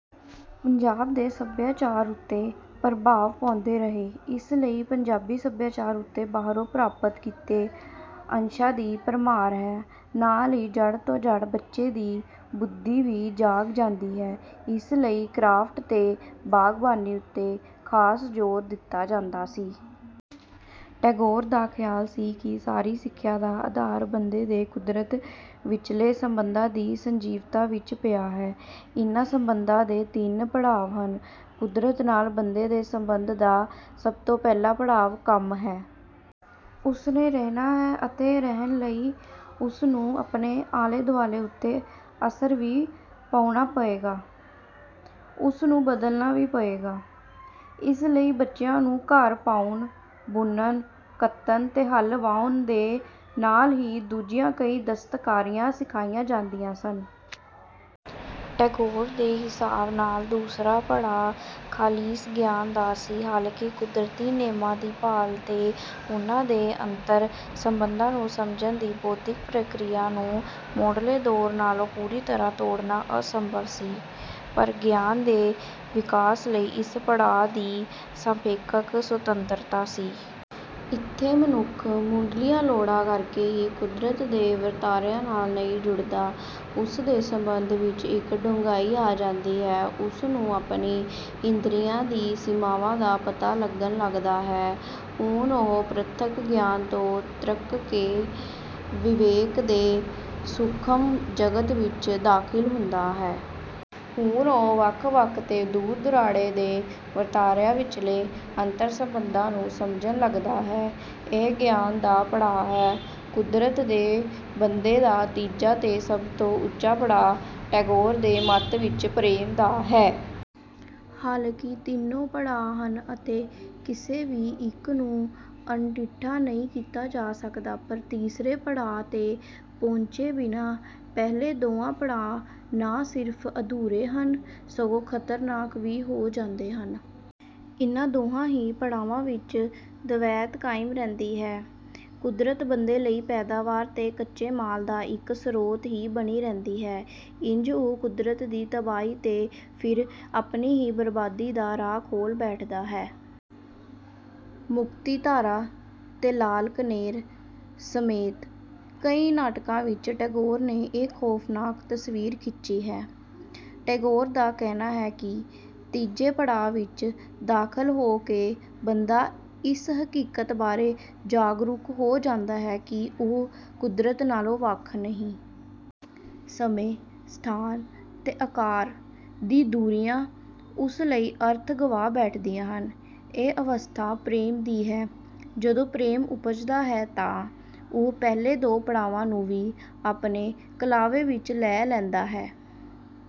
ਪੰਜਾਬ ਦੇ ਸਭਿਆਚਾਰ ਉੱਤੇ ਪ੍ਰਭਾਵ ਪਾਉਂਦੇ ਰਹੇ। ਇਸ ਲਈ ਪੰਜਾਬੀ ਸਭਿਆਚਾਰ ਉੱਤੇ ਬਾਹਰੋਂ ਪ੍ਰਾਪਤ ਕੀਤੇ ਅੰਸ਼ਾਂ ਦੀ ਭਰਮਾਰ ਹੈ। ਨਾਲ ਹੀ ਜੜ੍ਹ ਤੋਂ ਜੜ੍ਹ ਬੱਚੇ ਦੀ ਬੁੱਧੀ ਵੀ ਜਾਗ ਜਾਂਦੀ ਸੀ। ਇਸ ਲਈ ਕ੍ਰਾਫਟ ਤੇ ਬਾਗਬਾਨੀ ਉੱਤੇ ਖਾਸ ਜ਼ੋਰ ਦਿੱਤਾ ਜਾਂਦਾ ਸੀ। ਟੈਗੋਰ ਦਾ ਖ਼ਿਆਲ ਸੀ ਕਿ ਸਾਰੀ ਸਿੱਖਿਆ ਦਾ ਆਧਾਰ ਬੰਦੇ ਤੇ ਕੁਦਰਤ ਵਿਚਲੇ ਸੰਬੰਧਾਂ ਦੀ ਸਜੀਵਤਾ ਵਿੱਚ ਪਿਆ ਹੈ। ਇਨ੍ਹਾਂ ਸੰਬੰਧਾਂ ਦੇ ਤਿੰਨ ਪੜਾਅ ਹਨ। ਕੁਦਰਤ ਨਾਲ ਬੰਦੇ ਦੇ ਸੰਬੰਧ ਦਾ ਸਭ ਤੋਂ ਪਹਿਲਾ ਪੜਾਅ ‘ਕੰਮ’ ਦਾ ਹੈ। ਉਸ ਨੇ ਰਹਿਣਾ ਹੈ ਅਤੇ ਰਹਿਣ ਲਈ ਉਸਨੂੰ ਆਪਣੇ ਆਲੇ-ਦੁਆਲੇ ਉੱਤੇ ਅਸਰ ਵੀ ਪਾਉਣਾ ਪਵੇਗਾ, ਉਸਨੂੰ ਬਦਲਣਾ ਵੀ ਪਵੇਗਾ। ਇਸ ਲਈ ਬੱਚਿਆਂ ਨੂੰ ਘਰ ਪਾਉਣ, ਬੁਣਨ-ਕੱਤਣ ਤੇ ਹਲ ਵਾਹੁਣ ਦੇ ਨਾਲ ਹੀ ਦੂਜੀਆਂ ਕਈ ਦਸਤਕਾਰੀਆਂ ਸਿਖਾਈਆਂ ਜਾਂਦੀਆਂ ਸਨ। ਟੈਗੋਰ ਦੇ ਹਿਸਾਬ ਨਾਲ ਦੂਸਰਾ ਪੜਾਅ ਖ਼ਾਲਿਸ ਗਿਆਨ ਦਾ ਸੀ। ਹਾਲਾਂਕਿ ਕੁਦਰਤੀ ਨੇਮਾਂ ਦੀ ਭਾਲ ਤੇ ਉਨ੍ਹਾਂ ਦੇ ਅੰਤਰ-ਸੰਬੰਧਾਂ ਨੂੰ ਸਮਝਣ ਦੀ ਬੌਧਿਕ ਪ੍ਰਕਿਰਿਆ ਨੂੰ ਮੁੱਢਲੇ ਦੌਰ ਨਾਲੋਂ ਪੂਰੀ ਤਰ੍ਹਾਂ ਤੋੜਣਾ ਅਸੰਭਵ ਸੀ, ਪਰ ਗਿਆਨ ਦੇ ਵਿਕਾਸ ਲਈ ਇਸ ਪੜਾਅ ਦੀ ਸਾਪੇਖਕ ਸੁਤੰਤਰਤਾ ਸੀ। ਇੱਥੇ ਮਨੁੱਖ ਮੁੱਢਲੀਆਂ ਲੋੜਾਂ ਕਰਕੇ ਹੀ ਕੁਦਰਤ ਦੇ ਵਰਤਾਰਿਆਂ ਨਾਲ ਨਹੀਂ ਜੁੜਦਾ, ਉਸਦੇ ਸੰਬੰਧਾਂ ਵਿੱਚ ਇੱਕ ਡੂੰਘਾਈ ਆ ਜਾਂਦੀ ਹੈ। ਉਸਨੂੰ ਆਪਣੀਆਂ ਇੰਦਰੀਆਂ ਦੀਆਂ ਸੀਮਾਵਾਂ ਦਾ ਪਤਾ ਲੱਗਣ ਲੱਗਦਾ ਹੈ। ਹੁਣ ਉਹ ਪ੍ਰਤੱਖ ਗਿਆਨ ਤੋਂ ਤਰਕ ਤੇ ਵਿਵੇਕ ਦੇ ਸੂਖਮ ਜਗਤ ਵਿੱਚ ਦਾਖ਼ਲ ਹੁੰਦਾ ਹੈ। ਹੁਣ ਉਹ ਵੱਖ-ਵੱਖ ਤੇ ਦੂਰ-ਦੁਰਾਡੇ ਦੇ ਵਰਤਾਰਿਆਂ ਵਿਚਲੇ ਅੰਤਰ-ਸੰਬੰਧਾਂ ਨੂੰ ਸਮਝਣ ਲੱਗਦਾ ਹੈ। ਇਹ ਗਿਆਨ ਦਾ ਪੜਾਅ ਹੈ। ਕੁਦਰਤ ਤੇ ਬੰਦੇ ਦਾ ਤੀਜਾ ਤੇ ਸਭ ਤੋਂ ਉੱਚਾ ਪੜਾਅ, ਟੈਗੋਰ ਦੇ ਮੱਤ ਵਿੱਚ, ਪ੍ਰੇਮ ਦਾ ਹੈ। ਹਾਲਾਂਕਿ ਤਿੰਨੋਂ ਪੜਾਅ ਹਨ ਅਤੇ ਕਿਸੇ ਵੀ ਇੱਕ ਨੂੰ ਅਣਡਿੱਠਾ ਨਹੀਂ ਕੀਤਾ ਜਾ ਸਕਦਾ, ਪਰ ਤੀਸਰੇ ਪੜਾਅ ’ਤੇ ਪਹੁੰਚੇ ਬਿਨਾਂ ਪਹਿਲੇ ਦੋਵੇਂ ਪੜਾਅ ਨਾ ਸਿਰਫ਼ ਅਧੂਰੇ ਹਨ, ਸਗੋਂ ਖ਼ਤਰਨਾਕ ਵੀ ਹੋ ਜਾਂਦੇ ਹਨ। ਇਹਨਾਂ ਦੋਹਾਂ ਹੀ ਪੜਾਵਾਂ ਵਿੱਚ ਦਵੈਤ ਕਾਇਮ ਰਹਿੰਦੀ ਹੈ। ਕੁਦਰਤ ਬੰਦੇ ਲਈ ਪੈਦਾਵਾਰ ਤੇ ਕੱਚੇ ਮਾਲ ਦਾ ਇੱਕ ਸਰੋਤ ਹੀ ਬਣੀ ਰਹਿੰਦੀ ਹੈ। ਇੰਜ ਉਹ ਕੁਦਰਤ ਦੀ ਤਬਾਹੀ ਤੇ ਫਿਰ ਆਪਣੀ ਹੀ ਬਰਬਾਦੀ ਦਾ ਰਾਹ ਖੋਲ੍ਹ ਬੈਠਦਾ ਹੈ। ‘ਮੁਕਤੀਧਾਰਾ’ ਤੇ ‘ਲਾਲ ਕਨੇਰ’ ਸਮੇਤ ਕਈ ਨਾਟਕਾਂ ਵਿੱਚ ਟੈਗੋਰ ਨੇ ਇਹ ਖ਼ੌਫ਼ਨਾਕ ਤਸਵੀਰ ਖਿੱਚੀ ਹੈ। ਟੈਗੋਰ ਦਾ ਕਹਿਣਾ ਹੈ ਕਿ ਤੀਜੇ ਪੜਾਅ ਵਿੱਚ ਦਾਖ਼ਲ ਹੋ ਕੇ ਬੰਦਾ ਇਸ ਹਕੀਕਤ ਬਾਰੇ ਜਾਗਰੂਕ ਹੋ ਜਾਂਦਾ ਹੈ ਕਿ ਉਹ ਕੁਦਰਤ ਨਾਲੋਂ ਵੱਖ ਨਹੀਂ। ਸਮੇਂ, ਸਥਾਨ ਤੇ ਆਕਾਰ ਦੀਆਂ ਦੂਰੀਆਂ ਉਸ ਲਈ ਅਰਥ ਗਵਾ ਬੈਠਦੀਆਂ ਹਨ—ਇਹ ਅਵਸਥਾ ਪ੍ਰੇਮ ਦੀ ਹੈ। ਜਦੋਂ ਪ੍ਰੇਮ ਉਪਜਦਾ ਹੈ ਤਾਂ ਉਹ ਪਹਿਲੇ ਦੋ ਪੜਾਵਾਂ ਨੂੰ ਵੀ ਆਪਣੇ ਕਲਾਵੇ ਵਿੱਚ ਲੈ ਲੈਂਦਾ ਹੈ।